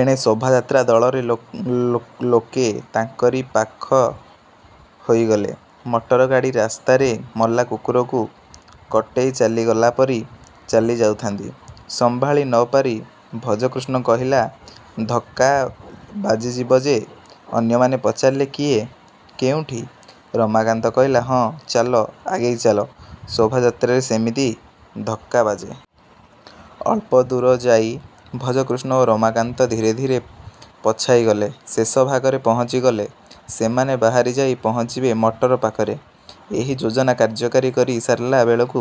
ଏଣେ ଶୋଭାଯାତ୍ରା ଦଳର ଲୋକେ ତାଙ୍କରି ପାଖ ହେଇଗଲେ। –ମଟର ଗାଡ଼ି ରାସ୍ତାରେ ମଲା କୁକୁରକୁ କଟେଇ ଚାଲିଗଲା ପରି–ଚାଲି ଯାଉଥାନ୍ତି। ସମ୍ଭାଳି ନ ପାରି ଭଜକୃଷ୍ଣ କହିଲା–ଧକ୍କା ବାଜିଯିବ ଯେ... ଅନ୍ୟମାନେ ପଚାରିଲେ–କିଏ? କେଉଁଠି? ରମାକାନ୍ତ କହିଲା–ହଁ, ଚାଲ, ଆଗେଇ ଚାଲ। ଶୋଭାଯାତ୍ରାରେ ସେମିତି ଧକ୍କା ବାଜେ। ଅଳ୍ପଦୂର ଯାଇ ଭଜକୃଷ୍ଣ ଓ ରମାକାନ୍ତ ଧୀରେ ଧୀରେ ପଛାଇ ଗଲେ। ଶେଷଭାଗରେ ପହଞ୍ଚିଗଲେ ସେମାନେ ବାହାରି ଯାଇ ପହଞ୍ଚିବେ ମଟର ପାଖରେ। ଏହି ଯୋଜନା କାର୍ଯ୍ୟକାରୀ କରି ସାରିଲା ବେଳକୁ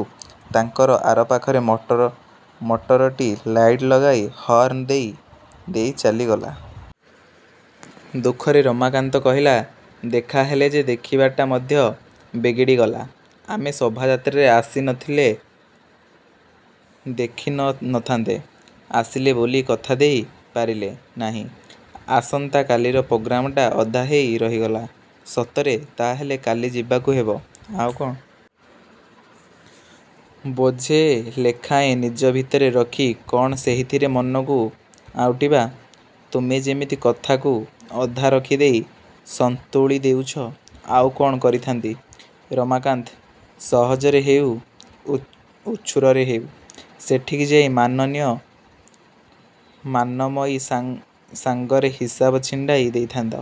ତାଙ୍କର ଆର ପାଖରେ ମଟରଟି ଲାଇଟ ଲଗାଇ ହର୍ଣ୍ଣ ଦେଇ ଦେଇ ଚାଲିଗଲା। ଦୁଃଖରେ ରମାକାନ୍ତ କହିଲା–ଦେଖା ହେଲା ଯେ ଦେଖିବାଟା ମଧ୍ୟ ବିଗିଡ଼ିଗଲା... ଆମେ ଶୋଭାଯାତ୍ରାରେ ଆସି ନ ଥିଲେ ଦେଖି ନ ଥାନ୍ତେ–ଆସିଥିଲେ ବୋଲି କଥା ହେଇ ପାରିଲେ ନାହିଁ–ଆସନ୍ତା କାଲିର ପ୍ରୋଗ୍ରାମଟା ଅଧା ହେଇ ରହିଗଲା। –ସତରେ ତା'ହେଲେ କାଲି ଯିବାକୁ ହେବ? –ଆଉ କ'ଣ? ବୋଝେ ଲେଖାଏଁ ନିଜ ଭିତରେ ରଖି କଣ ସେହିଥିରେ ମନକୁ ଆଉଟିବା? –ତମେ ଯେମିତି କଥାକୁ ଅଧା ରଖି ଦେଇ ସନ୍ତୁଳି ହେଉଛ। –ଆଉ କ'ଣ କରିଥାନ୍ତି? –ରମାକାନ୍ତ? –ସହଜରେ ହେଉ ଉଛୁରରେ ହେଉ ସେଠିକି ଯାଇ ମାନମୟୀ ସାଙ୍ଗରେ ହିସାବ ଛିଣ୍ଡାଇ ଦେଇଥାନ୍ତ।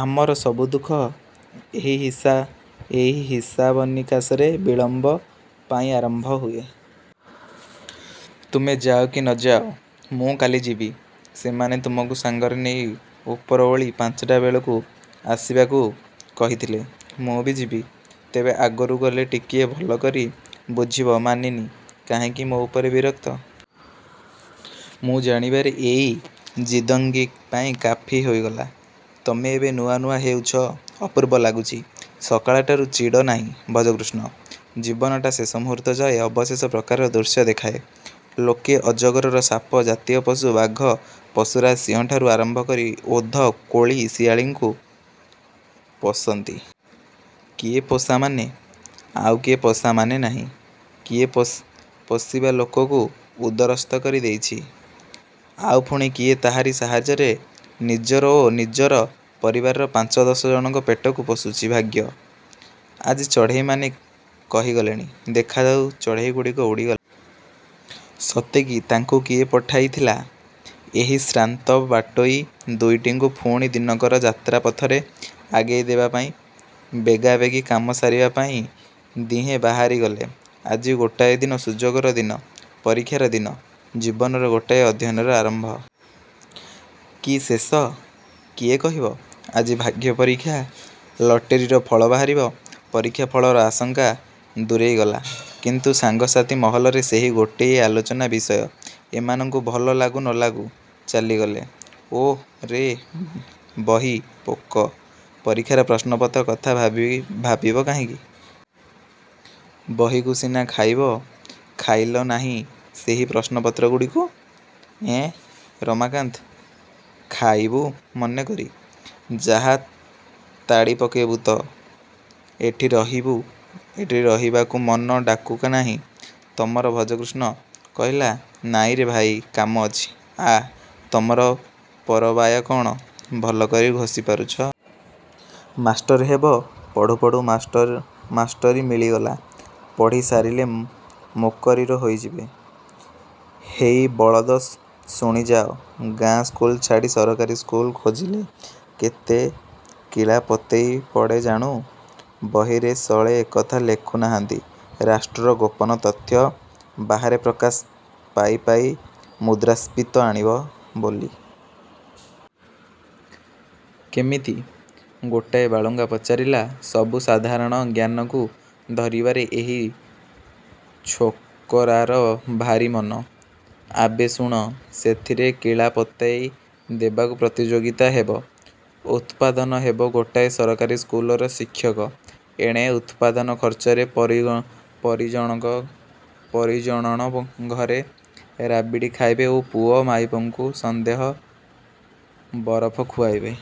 ଆମର ସବୁ ଦୁଃଖ ଏହି ହିସାବନିକାଶର ବିଳମ୍ବ ପାଇଁ ଆରମ୍ଭ ହୁଏ। ତମେ ଯାଅ କି ନ ଯାଅ ମୁଁ କାଲି ଯିବି।... ସେମାନେ ତୁମକୁ ସାଙ୍ଗରେ ନେଇ ଉପର ଓଳି ପାଞ୍ଚଟା ବେଳକୁ ଆସିବାକୁ କହିଥିଲେ। –ମୁଁ ବି ଯିବି। –ତେବେ ଆଗରୁ ଗଲେ ଟିକିଏ ଭଲ କରି ବୁଝିବ ମାନିନୀ କାହିଁକି ମୋ' ଉପରେ ବିରକ୍ତ? –ମୁଁ ଜାଣିବାରେ। ଏଇ ଜିନ୍ଦଗୀ ପାଇଁ କାଫି ହୋଇଗଲା।... ତମେ ଏବେ ନୂଆ ନୂଆ ହେଉଛ। ଅପୂର୍ବ ଲାଗୁଛି। –ସକାଳଟାରୁ ଚିଡ଼ ନାହିଁ ଭଜକୃଷ୍ଣ। ଜୀବନଟା ଶେଷ ମୁହୂର୍ତ୍ତଯାଏ ଅଶେଷ ପ୍ରକାରର ଦୃଶ୍ୟ ଦେଖାଏ। ଲୋକେ ଅଜଗର ସାପ, ଜାତୀୟ ପଶୁ ବାଘ, ପଶୁରାଜ ସିଂହଠାରୁ ଆରମ୍ଭ କରି ଓଧ, କୋଳି ଶିଆାଳିଙ୍କୁ ପୋଷନ୍ତି। କିଏ ପୋଷାମାନେ। ଆଉ କିଏ ପୋଷାମାନେ ନାହିଁ। କିଏ ପୋଷିବା ଲୋକକୁ ଉଦରସ୍ଥ କରି ଦେଇଛି। ଆଉ ପୁଣି କିଏ ତାହାରି ସାହାଯ୍ୟରେ ନିଜର ଓ ନିଜର ପରିବାରର ପାଞ୍ଚ ଦଶ ଜଣଙ୍କର ପେଟକୁ ପୋଷିଛି। ଭାଗ୍ୟ। –ଆଜି ଚଢ଼େଇମାନେ କହି ଗଲେଣି। ଦେଖାଯାଉ। ଚଢ଼େଇ ଗୁଡ଼ିକ ଉଡ଼ିଗଲେଣି। ସତେ କି ତାଙ୍କୁ କିଏ ପଠାଇ ଥିଲା ଏହି ଶ୍ରାନ୍ତ ବାଟୋଇ ଦୁଇଟିଙ୍କୁ ପୁଣି ଦିନକର ଯାତ୍ରାପଥରେ ଆଗେଇ ଦବାପାଇଁ। ବେଗାବେଗି କାମ ସାରିବା ପାଇଁ ଦିହେଁ ବାହାରି ଗଲେ— ଆଜି ଗୋଟାଏ ଦିନ। ସୁଯୋଗର ଦିନ। ପରୀକ୍ଷାର ଦିନ। ଜୀବନର ଗୋଟାଏ ଅଧ୍ୟାୟର ଆରମ୍ଭ? –କି ଶେଷ? କିଏ କହିବ? ଆଜି ଭାଗ୍ୟ ପରୀକ୍ଷା ଲଟେରୀର ଫଳ ବାହାରିବ। ପରୀକ୍ଷା ଫଳର ଆଶଙ୍କା ଦୂରେଇ ଗଲା। କିନ୍ତୁ ସାଙ୍ଗସାଥି ମହଲରେ ସେହି ଗୋଟିଏ ଆଲୋଚନାର ବିଷୟ। ଏମାନଙ୍କୁ ଭଲ ଲାଗୁ ନ ଥିଲା। ଚାଲିଗଲେ। –ଓଃ ରେ ବହି–ପୋକ। ପରୀକ୍ଷାର ପ୍ରଶ୍ନପତ୍ର କଥା ଭାବିବ କାହିଁକି? ବହିକୁ ସିନା ଖାଇବ। ଖାଇଲ ନାହିଁ ସେହି ପ୍ରଶ୍ନପତ୍ର ଗୁଡ଼ିକୁ? –ଏଁ, ରମାକାନ୍ତ–ଖାଇବୁ ମନେ କରି। ଯାହା ତାଡ଼ି ପକାଇବୁ ତ। ଏଠି ରହିବାକୁ ମନ ଡାକୁ ନାହିଁ ତମର। ଭଜକୃଷ୍ଣ କହିଲା–ନାଇରେ ଭାଇ କାମ ଅଛି। –ଆଃ, ତମର ପରବାୟ କ'ଣ? ଭଲକରି ଘୋଷି ପାରୁଛ। ମାଷ୍ଟର ହେବ। ପଢ଼ୁ ପଢ଼ୁ ମାଷ୍ଟରି ମିଳିଗଲା। ପଢ଼ି ସାରିଲେ ମୁକରିର ହୋଇଯିବ।... ହେଇ ବଳଦ, ଶୁଣିଯାଅ–ଗାଁ ସ୍କୁଲ ଛାଡ଼ି ସରକାରୀ ସ୍କୁଲ ଖୋଜିଲେ କେତେ କିଳାପୋତେଇ ପଡ଼େ ଜାଣୁ? ବହିରେ ଶଳେ ଏକଥା ଲେଖୁ ନାହାଁନ୍ତି ରାଷ୍ଟ୍ରର ଗୋପନ ତଥ୍ୟ ବାହାରେ ପ୍ରକାଶ ପାଇଯାଇ ମୁଦ୍ରାସ୍ଫୀତି ଆଣିବ ବୋଲି। –କେମିତି? ଗୋଟାଏ ବାଳୁଙ୍ଗା ପଚାରିଲା। –ସବୁ ସାଧାରଣ ଜ୍ଞାନକୁ ଧରିବାରେ ଏହି ଛୋକରାର ଭାରି ମନ। ଆବେ ଶୁଣ–ସେଥିରେ କିଳାପୋତେଇ ଦେବାକୁ ପ୍ରତିଯୋଗିତା ହେବ। ଉତ୍ପାଦନ ହେବ ଗୋଟାଏ ସରକାରୀ ସ୍କୁଲର ଶିକ୍ଷକ–ଏଣେ ଉତ୍ପାଦନ ଖର୍ଚ୍ଚରେ ପଚିଶଜଣ ଘରେ ରାବିଡ଼ି ଖାଇବେ ଓ ପୁଅ ମାଇପଙ୍କୁ ସନ୍ଦେସ, ବରଫ ଖୁଆଇବେ।